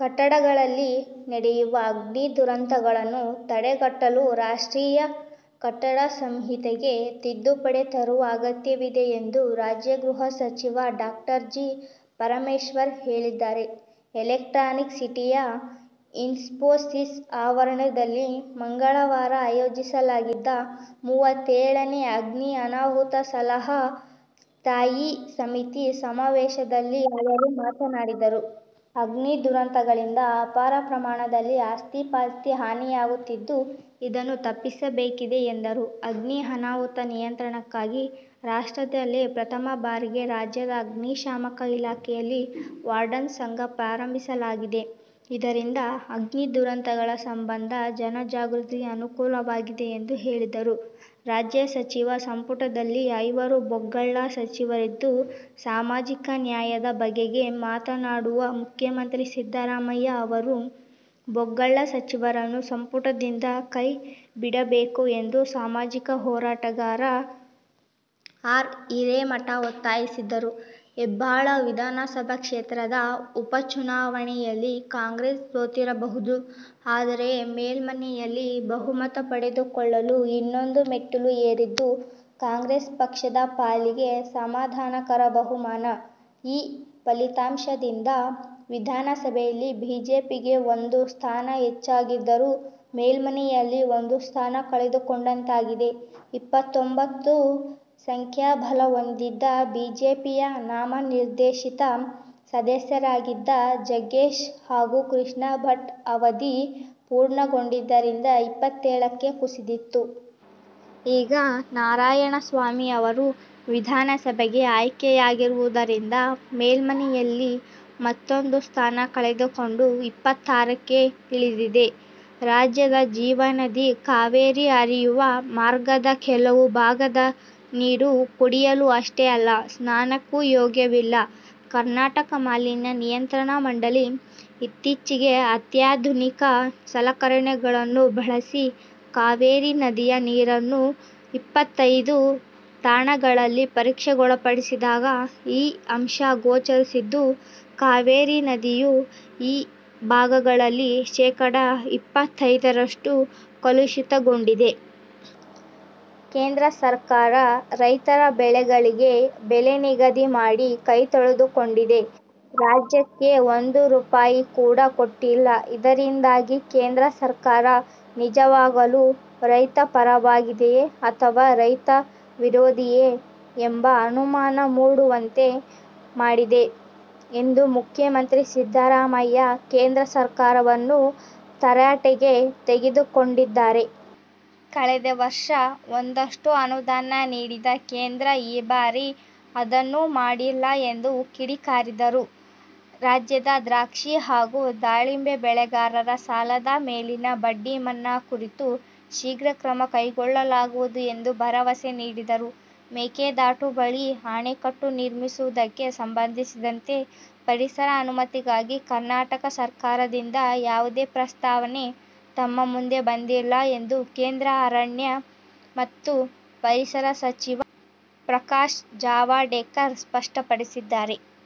ಕಟ್ಟಡಗಳಲ್ಲಿ ನಡೆಯುವ ಅಗ್ನಿ ದುರಂತಗಳನ್ನು ತಡೆಗಟ್ಟಲು ರಾಷ್ಟ್ರೀಯ ಕಟ್ಟಡ ಸಂಹಿತೆಗೆ ತಿದ್ದುಪಡಿ ತರುವ ಅಗತ್ಯವಿದೆ ಎಂದು ರಾಜ್ಯ ಗೃಹ ಸಚಿವ ಡಾ ಜಿ. ಪರಮೇಶ್ವರ್ ಹೇಳಿದ್ದಾರೆ. ಎಲೆಕ್ಟ್ರಾನಿಕ್ ಸಿಟಿಯ ಇನ್ಫೋಸಿಸ್ ಆವರಣದಲ್ಲಿ ಮಂಗಳವಾರ ಆಯೋಜಿಸಲಾಗಿದ್ದ ಮೂವತ್ತೇಳನೇ ಅಗ್ನಿ ಅನಾಹುತ ಸಲಹಾ ಸ್ಥಾಯಿ ಸಮಿತಿ ಸಮಾವೇಶದಲ್ಲಿ ಅವರು ಮಾತನಾಡಿದರು. ಅಗ್ನಿ ದುರಂತಗಳಿಂದ ಅಪಾರ ಪ್ರಮಾಣದಲ್ಲಿ ಆಸ್ತಿಪಾಸ್ತಿ ಹಾನಿಯಾಗುತ್ತಿದ್ದು ಇದನ್ನು ತಪ್ಪಿಸಬೇಕಿದೆ ಎಂದರು. ಅಗ್ನಿ ಅನಾಹುತ ನಿಯಂತ್ರಣಕ್ಕಾಗಿ ರಾಷ್ಟ್ರದಲ್ಲೇ ಪ್ರಥಮ ಬಾರಿಗೆ ರಾಜ್ಯದ ಅಗ್ನಿ ಶಾಮಕ ಇಲಾಖೆಯಲ್ಲಿ ವಾರ್ಡನ್ ಸಂಘ ಪ್ರಾರಂಭಿಸಲಾಗಿದೆ. ಇದರಿಂದ ಅಗ್ನಿ ದುರಂತಗಳ ಸಂಬಂಧ ಜನ ಜಾಗೃತಿಗೆ ಅನುಕೂಲವಾಗಿದೆ ಎಂದು ಹೇಳಿದರು. ರಾಜ್ಯ ಸಚಿವ ಸಂಪುಟದಲ್ಲಿ ಐವರು ಭೂಗಳ್ಳ ಸಚಿವರಿದ್ದು, ಸಾಮಾಜಿಕ ನ್ಯಾಯದ ಬಗೆಗೆ ಮಾತನಾಡುವ ಮುಖ್ಯಮಂತ್ರಿ ಸಿದ್ದರಾಮಯ್ಯ ಅವರು ಭೂಗಳ್ಳ ಸಚಿವರನ್ನು ಸಂಪುಟದಿಂದ ಕೈ ಬಿಡಬೇಕು ಎಂದು ಸಾಮಾಜಿಕ ಹೋರಾಟಗಾರ ಎಸ್. ಆರ್. ಹಿರೇಮಠ ಒತ್ತಾಯಿಸಿದರು. ಹೆಬ್ಟಾಳ ವಿಧಾನಸಭಾ ಕ್ಷೇತ್ರದ ಉಪಚುನಾವಣೆಯಲ್ಲಿ ಕಾಂಗ್ರೆಸ್ ಸೋತಿರಬಹುದು. ಆದರೆ, ಮೇಲ್ಮನೆಯಲ್ಲಿ ಬಹುಮತ ಪಡೆದುಕೊಳ್ಳಲು ಇನ್ನೊಂದು ಮೆಟ್ಟಿಲು ಏರಿದ್ದು, ಕಾಂಗ್ರೆಸ್ ಪಕ್ಷದ ಪಾಲಿಗೆ ಸಮಾಧಾನಕರ ಬಹುಮಾನ. ಈ ಫಲಿತಾಂಶದಿಂದ ವಿಧಾನಸಭೆಯಲ್ಲಿ ಬಿಜೆಪಿಗೆ ಒಂದು ಸ್ಥಾನ ಹೆಚ್ಚಾಗಿದ್ದರೂ, ಮೇಲ್ಮನೆಯಲ್ಲಿ ಒಂದು ಸ್ಥಾನ ಕಳೆದುಕೊಂಡಂತಾಗಿದೆ. ಇಪ್ಪತ್ತೊಂಭತ್ತು ಸಂಖ್ಯಾಬಲ ಹೊಂದಿದ್ದ ಬಿಜೆಪಿಯ ನಾಮನಿರ್ದೇಶಿತ ಸದಸ್ಯರಾಗಿದ್ದ ಜಗ್ಗೇಶ್ ಹಾಗೂ ಕೃಷ್ಣಭಟ್ ಅವಧಿ ಪೂರ್ಣಗೊಂಡಿದ್ದರಿಂದ ಇಪ್ಪತ್ತೇಳಕ್ಕೆ ಕುಸಿದಿತ್ತು. ಈಗ ನಾರಾಯಣಸ್ವಾಮಿ ಅವರು ವಿಧಾನಸಭೆಗೆ ಆಯ್ಕೆಯಾಗಿರುವುದರಿಂದ ಮೇಲ್ಮನೆಯಲ್ಲಿ ಮತ್ತೂಂದು ಸ್ಥಾನ ಕಳೆದುಕೊಂಡು ಇಪ್ಪತ್ತಾರಕ್ಕೆ ಇಳಿದಿದೆ. ರಾಜ್ಯದ ಜೀವನದಿ ಕಾವೇರಿ ಹರಿಯುವ ಮಾರ್ಗದ ಕೆಲವು ಭಾಗದ ನೀರುಕುಡಿಯಲು ಅಷ್ಟೇ ಅಲ್ಲ ಸ್ನಾನಕ್ಕೂ ಯೋಗ್ಯವಲ್ಲ. ಕರ್ನಾಟಕ ಮಾಲಿನ್ಯ ನಿಯಂತ್ರಣ ಮಂಡಳಿ ಇತ್ತೀಚೆಗೆ ಅತ್ಯಾಧುನಿಕ ಸಲಕರಣೆಗಳನ್ನು ಬಳಸಿ ಕಾವೇರಿ ನದಿಯ ನೀರನ್ನು ಇಪ್ಪತ್ತೈದು ತಾಣಗಳಲ್ಲಿ ಪರೀಕ್ಷೆಗೊಳಪಡಿಸಿದಾಗ ಈ ಅಂಶ ಗೋಚರಿಸಿದ್ದು, ಕಾವೇರಿ ನದಿಯು ಈ ಭಾಗಗಳಲ್ಲಿ ಶೇಕಡಾ ಎಪ್ಪತ್ತೈದರಷ್ಟು ಕಲುಷಿತಗೊಂಡಿದೆ. ಕೇಂದ್ರ ಸರ್ಕಾರ ರೈತರ ಬೆಳೆಗಳಿಗೆ ಬೆಲೆ ನಿಗದಿ ಮಾಡಿ ಕೈ ತೊಳೆದುಕೊಂಡಿದೆ. ರಾಜ್ಯಕ್ಕೆ ಒಂದು ರೂಪಾಯಿ ಕೂಡ ಕೊಟ್ಟಿಲ್ಲ. ಇದರಿಂದಾಗಿ ಕೇಂದ್ರ ಸರ್ಕಾರ ನಿಜವಾಗಲೂ ರೈತ ಪರವಾಗಿದೆಯೇ ಅಥವಾ ರೈತ ವಿರೋಧಿಯೇ ಎಂಬ ಅನುಮಾನ ಮೂಡುವಂತೆ ಮಾಡಿದೆ ಎಂದು ಮುಖ್ಯಮಂತ್ರಿ ಸಿದ್ದರಾಮಯ್ಯ ಕೇಂದ್ರ ಸರ್ಕಾರವನ್ನು ತರಾಟೆಗೆ ತೆಗೆದುಕೊಂಡಿದ್ದಾರೆ. ಕಳೆದ ವರ್ಷ ಒಂದಷ್ಟು ಅನುದಾನ ನೀಡಿದ ಕೇಂದ್ರ ಈ ಬಾರಿ ಅದನ್ನೂ ಮಾಡಿಲ್ಲ ಎಂದು ಕಿಡಿಕಾರಿದರು. ರಾಜ್ಯದ ದ್ರಾಕ್ಷಿ ಹಾಗೂ ದಾಳಿಂಬೆ ಬೆಳೆಗಾರರ ಸಾಲದ ಮೇಲಿನ ಬಡ್ಡಿ ಮನ್ನಾ ಕುರಿತು ಶೀಘ್ರ ಕ್ರಮ ಕೈಗೊಳ್ಳಲಾಗುವುದು ಎಂದು ಭರವಸೆ ನೀಡಿದರು. ಮೇಕೆದಾಟು ಬಳಿ ಅಣೆಕಟ್ಟು ನಿರ್ಮಿಸು ವುದಕ್ಕೆ ಸಂಬಂಧಿಸಿದಂತೆ ಪರಿಸರ ಅನುಮತಿಗಾಗಿ ಕರ್ನಾಟಕ ಸರ್ಕಾರದಿಂದ ಯಾವುದೇ ಪ್ರಸ್ತಾವನೆ ತಮ್ಮ ಮುಂದೆ ಬಂದಿಲ್ಲ ಎಂದು ಕೇಂದ್ರ ಅರಣ್ಯ ಮತ್ತು ಪರಿಸರ ಸಚಿವ ಪ್ರಕಾಶ್ ಜಾವಡೇಕರ್ ಸ್ಪಷ್ಟಪಡಿಸಿದ್ದಾರೆ.